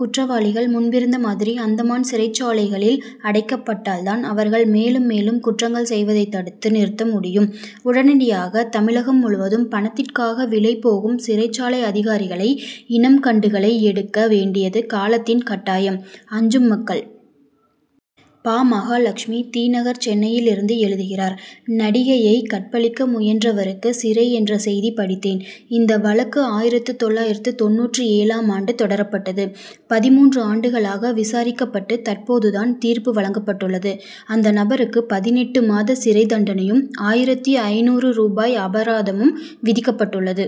குற்றவாளிகள் முன்பிருந்த மாதிரி அந்தமான் சிறைச்சாலைகளில் அடைக்கப்பட்டால் தான் அவர்கள் மேலும் மேலும் குற்றங்கள் செய்வதை தடுத்து நிறுத்த முடியும். உடனடியாக தமிழகம் முழுவதும் பணத்திற்காக விலை போகும் சிறைச் சாலை அதிகாரிகளை இனம் கண்டு களை எடுக்க வேண்டியது காலத்தின் கட்டாயம். அஞ்சும் மக்கள்! பா. மகாலட்சுமி தி. நகர் சென்னையிலிருந்து எழுதுகிறார் நடிகையை கற்பழிக்க முயன்றவருக்கு சிறை என்ற செய்தி படித்தேன். இந்த வழக்கு ஆயிரத்து தொள்ளாயிரத்து தொண்ணூற்று ஏழாம் ஆண்டு தொடரப்பட்டது. பதிமூன்று ஆண்டுகளாக விசாரிக்கப்பட்டு தற்போது தான் தீர்ப்பு வழங்கப்பட்டுள்ளது. அந்த நபருக்கு பதினெட்டு மாத சிறை தண்டனையும் ஆயிரத்து ஐநூறு ரூபாய் அபராதமும் விதிக்கப் பட்டுள்ளது.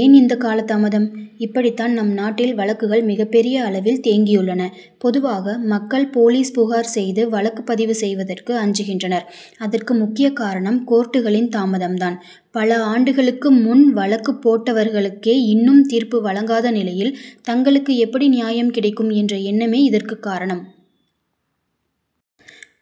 ஏன் இந்த காலதாமதம்? இப்படி தான் நம் நாட்டில் வழக்குகள் மிகப் பெரிய அளவில் தேங்கியுள்ளன. பொதுவாக மக்கள் போலீஸ் புகார் செய்து வழக்கு பதிவு செய்வதற்கு அஞ்சுகின்றனர். அதற்கு முக்கியக் காரணம் கோர்ட்டுகளின் தாமதம் தான். பல ஆண்டுகளுக்கு முன் வழக்கு போட்டவர்களுக்கே இன் னும் தீர்ப்பு வழங்காத நிலையில் தங்களுக்கு எப்படி நியாயம் கிடைக்கும் என்ற எண்ணமே இதற்கு காரணம்.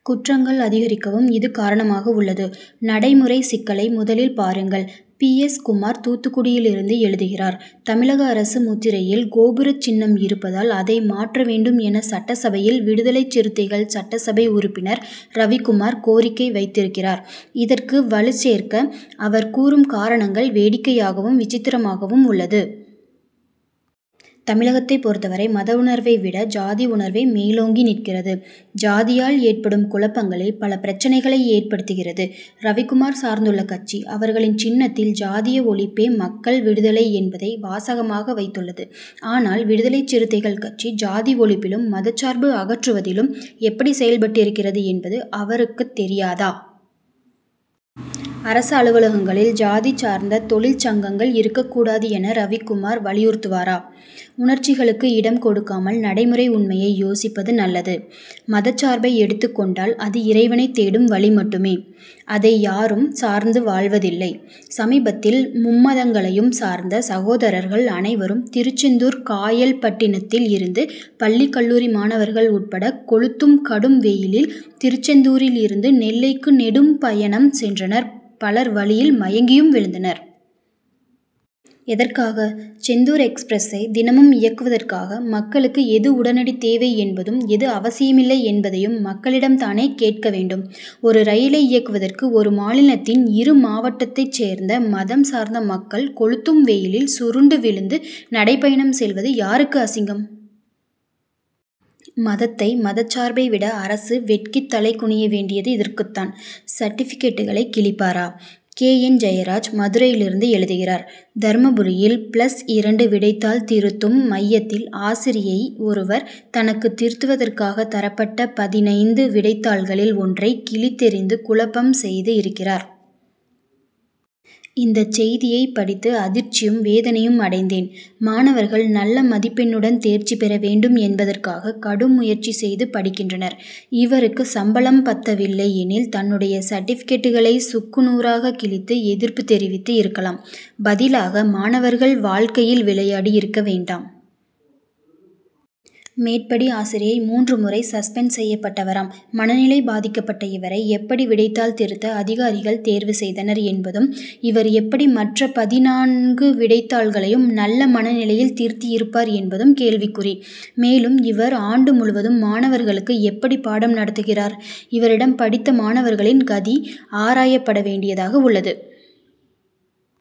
குற்றங்கள் அதிகரிக்கவும் இது காரணமாக உள்ளது. நடைமுறை சிக்கலை முதலில் பாருங்கள்! பி. எஸ். குமார் தூத்துக்குடியிலிருந்து எழுதுகிறார் தமிழக அரசு முத்திரையில் கோபுரச் சின்னம் இருப்பதால் அதை மாற்ற வேண்டும் என சட்டசபையில் விடுதலைச் சிறுத்தைகள் சட்டசபை உறுப்பினர் ரவிக்குமார் கோரிக்கை வைத்திருக்கிறார். இதற்கு வலுசேர்க்க அவர் கூறும் காரணங்கள் வேடிக்கையாகவும் விசித்திரமாகவும் உள்ளது. தமிழகத்தைப் பொறுத்தவரை மத உணர்வை விட ஜாதி உணர்வே மேலோங்கி நிற்கிறது. ஜாதியால் ஏற்படும் குழப்பங்களே பல பிரச்னைகளை ஏற்படுத்துகிறது. ரவிக்குமார் சார்ந்துள்ள கட்சி அவர்களின் சின்னத்தில் ஜாதிய ஒழிப்பே மக்கள் விடுதலை என்பதை வாசகமாக வைத்துள்ளது. ஆனால் விடுதலைச் சிறுத்தைகள் கட்சி ஜாதி ஒழிப்பிலும் மதச்சார்பு அகற்றுவதிலும் எப்படி செயல்பட்டிருக்கிறது என்பது அவருக்கு தெரியாதா? அரசு அலுவலகங்களில் ஜாதி சார்ந்த தொழிற்சங்கங்கள் இருக்கக் கூடாது என ரவிக்குமார் வலியுறுத்துவாரா? உணர்ச்சிகளுக்கு இடம் கொடுக்காமல் நடைமுறை உண்மையை யோசிப்பது நல்லது. மதச்சார்பை எடுத்துக் கொண்டால் அது இறைவனைத் தேடும் வழி மட்டுமே. அதை யாரும் சார்ந்து வாழ்வதில்லை. சமீபத்தில் மும்மதங்களையும் சார்ந்த சகோதரர்கள் அனைவரும் திருச்செந்தூர் காயல்பட்டினத்தில் இருந்து பள்ளி கல்லூரி மாணவர்கள் உட்பட கொளுத்தும் கடும் வெயிலில் திருச்செந்தூரில் இருந்து நெல்லைக்கு நெடும் பயணம் சென்றனர் பலர் வழியில் மயங்கியும் விழுந்தனர். எதற்காக? செந்தூர் எக்ஸ்பிரசை தினமும் இயக்குவதற்காக மக்களுக்கு எது உடனடித் தேவை என்பதும் எது அவசியமில்லை என்பதையும் மக்களிடம் தானே கேட்க வேண்டும். ஒரு ரயிலை இயக்குவதற்கு ஒரு மாநிலத்தின் இரு மாவட்டத்தைச் சேர்ந்த மதம் சார்ந்த மக்கள் கொளுத்தும் வெயிலில் சுருண்டு விழுந்து நடைபயணம் செல்வது யாருக்கு அசிங்கம்? மதத்தை மதச்சார்பை விட அரசு வெட்கித்தலைகுனிய வேண்டியது இதற்குத் தான். சர்டிபிகேட்டுகளை கிழிப்பாரா! கே. என். ஜெயராஜ் மதுரையிலிருந்து எழுதுகிறார் தர்மபுரியில் பிளஸ் இரண்டு விடைத்தாள் திருத்தும் மையத்தில் ஆசிரியை ஒருவர் தனக்கு திருத்துவதற்காக தரப்பட்ட பதினைந்து விடைத்தாள்களில் ஒன்றை கிழித்தெறிந்து குழப்பம் செய்து இருக்கிறார். இந்தச் செய்தியைப் படித்து அதிர்ச்சியும் வேதனையும் அடைந்தேன். மாணவர்கள் நல்ல மதிப்பெண்ணுடன் தேர்ச்சி பெற வேண்டும் என்பதற்காக கடும் முயற்சி செய்து படிக்கின்றனர். இவருக்கு சம்பளம் பத்தவில்லை எனில் தன்னுடைய சர்டிபிகேட்டுகளை சுக்கு நூறாக கிழித்து எதிர்ப்பு தெரிவித்து இருக்கலாம். பதிலாக மாணவர்கள் வாழ்க்கையில் விளையாடி இருக்க வேண்டாம். மேற்படி ஆசிரியை மூன்று முறை சஸ்பெண்ட் செய்யப்பட்டவராம் மனநிலை பாதிக்கப்பட்ட இவரை எப்படி விடைத்தாள் திருத்த அதிகாரிகள் தேர்வு செய்தனர் என்பதும் இவர் எப்படி மற்ற பதினான்கு விடைத்தாள்களையும் நல்ல மனநிலையில் திருத்தி இருப்பார் என்பதும் கேள்விக்குறி. மேலும் இவர் ஆண்டு முழுவதும் மாணவர்களுக்கு எப்படி பாடம் நடத்துகிறார்? இவரிடம் படித்த மாணவர்களின் கதி ஆராயப்பட வேண்டியதாக உள்ளது!